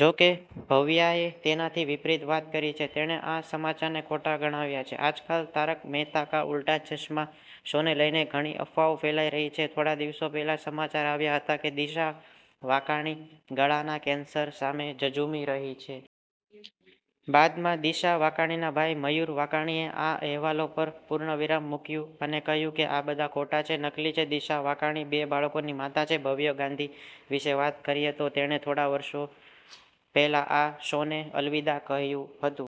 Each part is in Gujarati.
જો કે ભવ્યાએ તેનાથી વિપરિત વાત કરી છે. તેણે આ સમાચારને ખોટા ગણાવ્યા છે. આજકાલ 'તારક મહેતા કા ઉલ્ટા ચશ્મા' શોને લઈને ઘણી અફવાઓ ફેલાઈ રહી છે. થોડા દિવસો પહેલા સમાચાર આવ્યા હતા કે દિશા વાકાણી ગળાના કેન્સર સામે ઝઝૂમી રહી છે. બાદમાં દિશા વાકાણીના ભાઈ મયુર વાકાણીએ આ અહેવાલો પર પૂર્ણવિરામ મૂક્યું અને કહ્યું કે આ બધા ખોટા છે, નકલી છે. દિશા વાકાણી બે બાળકોની માતા છે. ભવ્ય ગાંધી વિશે વાત કરીએ તો, તેણે થોડા વર્ષો પહેલા આ શોને અલવિદા કહ્યું હતું.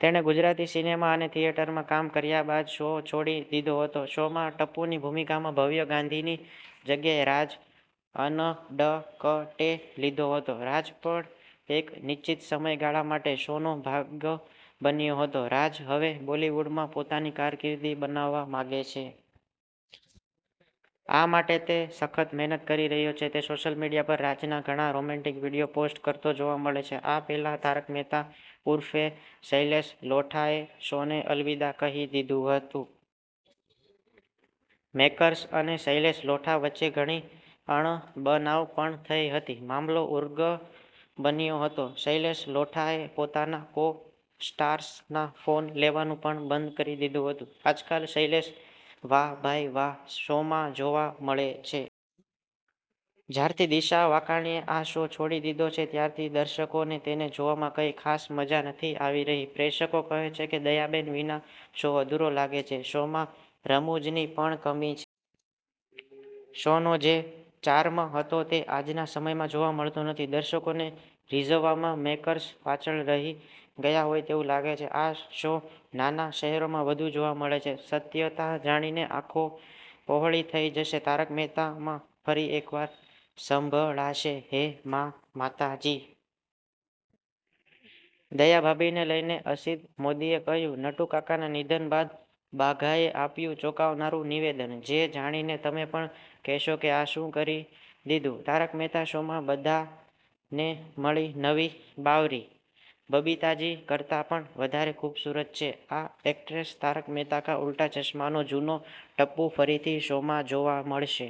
તેણે ગુજરાતી સિનેમા અને થિયેટરમાં કામ કર્યા બાદ શો છોડી દીધો હતો. શોમાં ટપ્પુની ભૂમિકામાં ભવ્ય ગાંધીની જગ્યાએ રાજ અનડકટે લીધો હતો. રાજ પણ એક નિશ્ચિત સમયગાળા માટે શોનો ભાગ બન્યો હતો. રાજ હવે બોલિવૂડમાં પોતાની કારકિર્દી બનાવવા માંગે છે. આ માટે તે સખત મહેનત કરી રહ્યો છે. તે સોશિયલ મીડિયા પર રાજના ઘણા રોમેન્ટિક વીડિયો પોસ્ટ કરતો જોવા મળે છે. આ પહેલા તારક મહેતા ઉર્ફે શૈલેષ લોઢાએ શોને અલવિદા કહી દીધું હતું. મેકર્સ અને શૈલેષ લોઢા વચ્ચે ઘણી અણબનાવ પણ થઈ હતી. મામલો ઉગ્ર બન્યો હતો. શૈલેષ લોઢાએ પોતાના કો-સ્ટાર્સના ફોન લેવાનું પણ બંધ કરી દીધું હતું. આજકાલ શૈલેષ 'વાહ ભાઈ વાહ' શોમાં જોવા મળે છે. જ્યારથી દિશા વાકાણીએ આ શો છોડી દીધો છે, ત્યારથી દર્શકોને તેને જોવામાં કંઈ ખાસ મજા નથી આવી રહી. પ્રેક્ષકો કહે છે કે દયાબેન વિના શો અધૂરો લાગે છે. શોમાં રમૂજની પણ કમી છે. શોનો જે ચાર્મ હતો તે આજના સમયમાં જોવા મળતો નથી. દર્શકોને રીઝવવામાં મેકર્સ પાછળ રહી ગયા હોય તેવું લાગે છે. આ શો નાના શહેરોમાં વધુ જોવા મળે છે. સત્યતા જાણીને આંખો પહોળી થઇ જશે તારક મહેતામાં ફરી એકવાર સંભળાશે 'હે માં, માતાજી! 'દયા ભાભીને લઈને અસીદ મોદીએ કહ્યું નટુકાકાના નિધન બાદ બાઘા એ આપ્યું ચોંકાવનારુ નિવેદન, જે જાણીને તમે પણ કહેશો કે આ શું કહી દીધું? તારક મહેતા શોમાં બાઘાને મળી નવી બાવરી, બબીતાજી કરતા પણ વધારે ખૂબસૂરત છે આ એક્ટ્રેસ તારક મહેતા કા ઉલ્ટા ચશ્મા નો જુનો ટપ્પુ ફરીથી શોમાં જોવા મળશે?